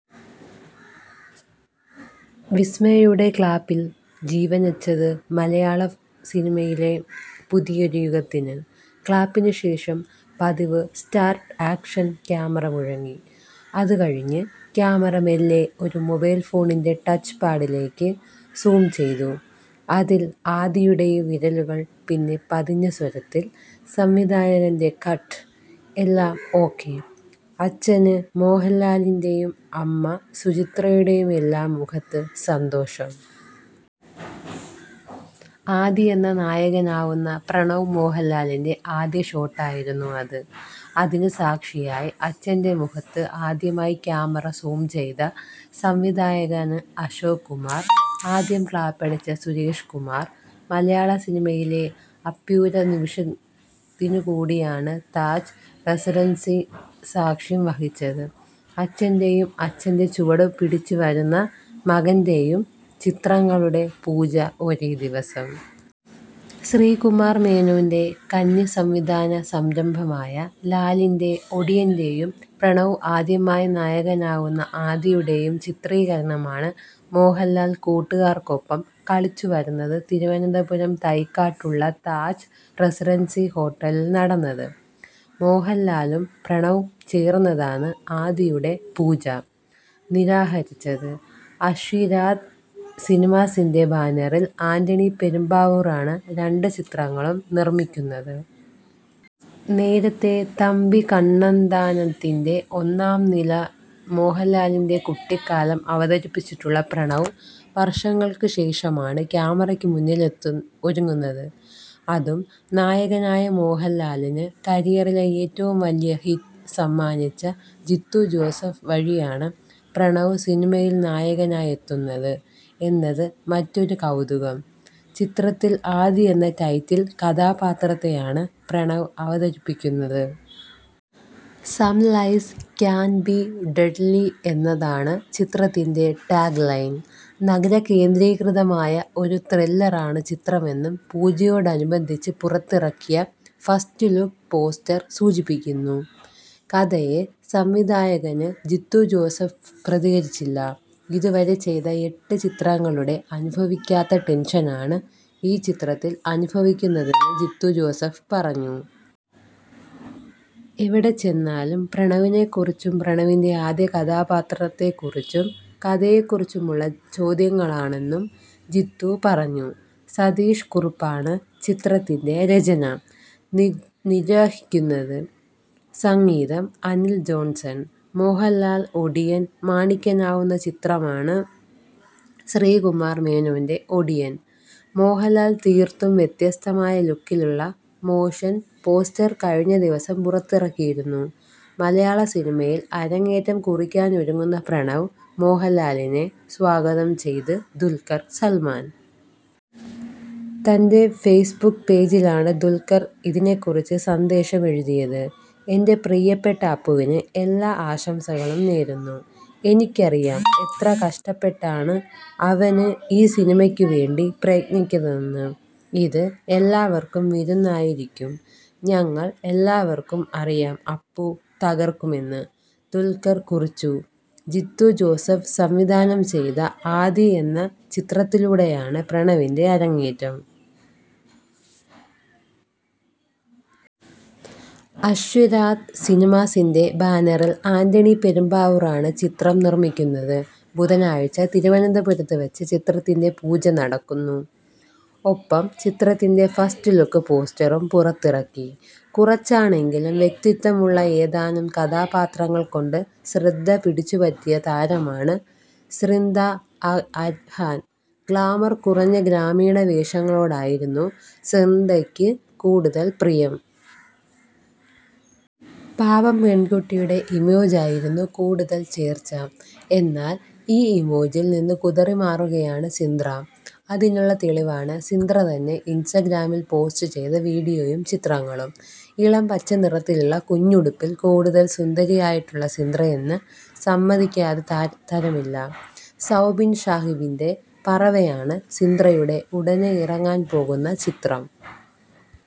വിസ്മയയുടെ ക്ലാപ്പില് ജീവന്വച്ചത് മലയാള സിനിമയിലെ പുതിയൊരു യുഗത്തിന്. ക്ലാപ്പിനുശേഷം പതിവ് സ്റ്റാര്ട്ട് ആക്ഷന് ക്യാമറ മുഴങ്ങി. അതുകഴിഞ്ഞ് ക്യാമറ മെല്ലെ ഒരു മൊബൈല് ഫോണിന്റെ ടച്ച്പാഡിലേയ്ക്ക് സൂം ചെയ്തു. അതില് ആദിയുടെ വിരലുകള്. പിന്നെ പതിഞ്ഞ സ്വരത്തില് സംവിധായകന്റെ കട്ട്. എല്ലാം ഓക്കെ. അച്ഛന് മോഹന്ലാലിന്റെയും അമ്മ സുചിത്രയുടെയുമെല്ലാം മുഖത്ത് സന്തോഷം. ആദി എന്ന നായകനാവുന്ന പ്രണവ് മോഹന്ലാലിന്റെ ആദ്യ ഷോട്ടായിരുന്നു അത്. അതിന് സാക്ഷിയായി അച്ഛന്റെ മുഖത്ത് ആദ്യമായി ക്യാമറ സൂം ചെയ്ത സംവിധായകന് അശോക് കുമാര്, ആദ്യ ക്ലാപ്പടിച്ച സുരേഷ്കുമാര്. മലയാള സിനിമയിലെ അപൂര്വ നിമിഷത്തിനുകൂടിയാണ് താജ് റെസിഡന്സി സാക്ഷ്യം വഹിച്ചത്. അച്ഛന്റെയും അച്ഛന്റെ ചുവടുപിടിച്ചുവരുന്ന മകന്റെയും ചിത്രങ്ങളുടെ പൂജ ഒരേദിവസം. ശ്രീകുമാര് മേനോന്റെ കന്നി സംവിധാന സംരംഭമായ ലാലിന്റെ ഒടിയന്റെയും പ്രണവ് ആദ്യമായി നായകനാവുന്ന ആദിയുടെയും ചിത്രീകരണമാണ് മോഹന്ലാല് കൂട്ടുകാര്ക്കൊപ്പം കളിച്ചുവളര്ന്ന തിരുവനന്തപുരം തൈക്കാട്ടുള്ള താജ് റെസിഡന്സി ഹോട്ടലില് നടന്നത്. മോഹന്ലാലും പ്രണവും ചേര്ന്നാണ് ആദിയുടെ പൂജ നിര്വഹിച്ചത്. ആശിര്വാദ് സിനിമാസിന്റെ ബാനറില് ആന്റണി പെരുമ്പാവൂരാണ് രണ്ട് ചിത്രങ്ങളും നിര്മിക്കുന്നത്. നേരത്തെ തമ്പി കണ്ണന്താനത്തിന്റെ ഒന്നാമനില് മോഹന്ലാലിന്റെ കുട്ടിക്കാലം അവതരിപ്പിച്ചിട്ടുള്ള പ്രണവ് വര്ഷങ്ങള്ക്കുശേഷമാണ് ക്യാമറയ്ക്ക് മുന്നിലെത്താന് ഒരുങ്ങുന്നത്. അതും നായകനായി. മോഹന്ലാലിന് കരിയറിലെ ഏറ്റവും വലിയ ഹിറ്റ് സമ്മാനിച്ച ജീത്തു ജോസഫ് വഴിയാണ് പ്രണവ് സിനിമയില് നായകനായെത്തുന്നത് എന്നത് മറ്റൊരു കൗതുകം. ചിത്രത്തില് ആദി എന്ന ടൈറ്റില് കഥാപാത്രത്തെയാണ് പ്രണവ് അവതരിപ്പിക്കുന്നത്. Some lies can be deadly എന്നതാണ് ചിത്രത്തിന്റെ ടാഗ്ലൈൻ. നഗരകേന്ദ്രീകൃതമായ ഒരു ത്രില്ലറാണ് ചിത്രമെന്ന് പൂജയോടനുബന്ധിച്ച് പുറത്തിറക്കിയ ഫസ്റ്റ്ലുക്ക് പോസ്റ്റര് സൂചിപ്പിക്കുന്നു. കഥയെക്കുറിച്ച് സംവിധായകന് ജീത്തു ജോസഫ് പ്രതികരിച്ചില്ല. ഇതുവരെ ചെയ്ത എട്ട് ചിത്രങ്ങളിലും അനുഭവിക്കാത്ത ടെന്ഷനാണ് ഈ ചിത്രത്തില് അനുഭവിക്കുന്നതെന്ന് ജീത്തു പറഞ്ഞു. എവിടെ ചെന്നാലും പ്രണവിനെക്കുറിച്ചും പ്രണവിന്റെ കഥാപാത്രത്തെക്കുറിച്ചും കഥയെക്കുറിച്ചുമുള്ള ചോദ്യങ്ങളാണെന്നും ജീത്തു പറഞ്ഞു. സതീഷ് കുറുപ്പാണ് ചിത്രത്തിന്റെ രചന നിര്വഹിക്കുന്നത്. സംഗീതം:അനില് ജോണ്സണ്. മോഹന്ലാല് ഒടിയന് മാണിക്കനാവുന്ന ചിത്രമാണ് ശ്രീകുമാര് മേനോന്റെ ഒടിയന്. മോഹന്ലാല് തീര്ത്തും വ്യത്യസ്തമായ ലുക്കിലുള്ള മോഷന് പോസ്റ്റര് കഴിഞ്ഞ ദിവസം പുറത്തിറക്കിയിരുന്നു. മലയാള സിനിമയില് അരങ്ങേറ്റം കുറിക്കാനൊരുങ്ങുന്ന പ്രണവ് മോഹന്ലാലിനെ സ്വാഗതം ചെയ്ത് ദുല്ഖര് സല്മാന്. തന്റെ ഫെയ്സ്ബുക്ക് പേജിലാണ് ദുല്ഖര് ഇതെക്കുറിച്ച് സന്ദേശമെഴുതിയത്. 'എന്റെ പ്രിയപ്പെട്ട അപ്പുവിന് എല്ലാ ആശംസകളും നേരുന്നു. എനിക്കറിയാം എത്ര കഷ്ടപ്പെട്ടാണ് അവന് ഈ സിനിമയ്ക്ക് വേണ്ടി പ്രയത്നിക്കുന്നതെന്ന്. ഇത് എല്ലാവര്ക്കും വിരുന്നായിരിക്കും. ഞങ്ങള് എല്ലാവര്ക്കും അറിയാം, അപ്പു തകര്ക്കുമെന്ന്' ദുല്ഖര് കുറിച്ചു. ജീത്തു ജോസഫ് സംവിധാനം ചെയ്യുന്ന ആദി എന്ന ചിത്രത്തിലൂടെയാണ് പ്രണവിന്റെ അരങ്ങേറ്റം. ആശിര്വാദ് സിനിമാസിന്റെ ബാനറില് ആന്റണി പെരുമ്പാവൂരാണ് ചിത്രം നിര്മിക്കുന്നത്. ബുധനാഴ്ച തിരുവനന്തപുരത്ത് വച്ച് ചിത്രത്തിന്റെ പൂജ നടന്നു. ഒപ്പം ചിത്രത്തിന്റെ ഫസ്റ്റ്ലുക്ക് പോസ്റ്ററും പുറത്തിറക്കി. കുറച്ചാണെങ്കിലും വ്യക്തിത്വമുള്ള ഏതാനും കഥാപാത്രങ്ങള് കൊണ്ട് ശ്രദ്ധ പിടിച്ചുപറ്റിയ താരമാണ് സ്രിന്ധ അര്ഹാന്. ഗ്ലാമര് കുറഞ്ഞ ഗ്രാമീണ വേഷങ്ങളോടായിരുന്നു സ്രിന്ധയ്ക്ക് കൂടുതല് പ്രിയം. പാവം പെണ്കുട്ടിയുടെ ഇമേജായിരുന്നു കൂടുതല് ചേര്ച്ച. എന്നാല്, ഈ ഇമേജില് നിന്ന് കുതറിമാറുകയാണ് സ്രിന്ധ. അതിനുള്ള തെളിവാണ് സ്രിന്ധ തന്നെ ഇന്സ്റ്റഗ്രാമില് പോസ്റ്റ് ചെയ്ത വീഡിയോയും ചിത്രങ്ങളും. ഇളംപച്ച നിറത്തിലുള്ള കുഞ്ഞുടുപ്പില് കൂടുതല് സുന്ദരിയായിട്ടുണ്ട് സ്രിന്ധയെന്ന് സമ്മതിക്കാതെ തരമില്ല. സൗബിന് ഷാഹിറിന്റെ പറവയാണ് സ്രിന്ധയുടെ ഉടനെ ഇറങ്ങാന് പോകുന്ന ചിത്രം.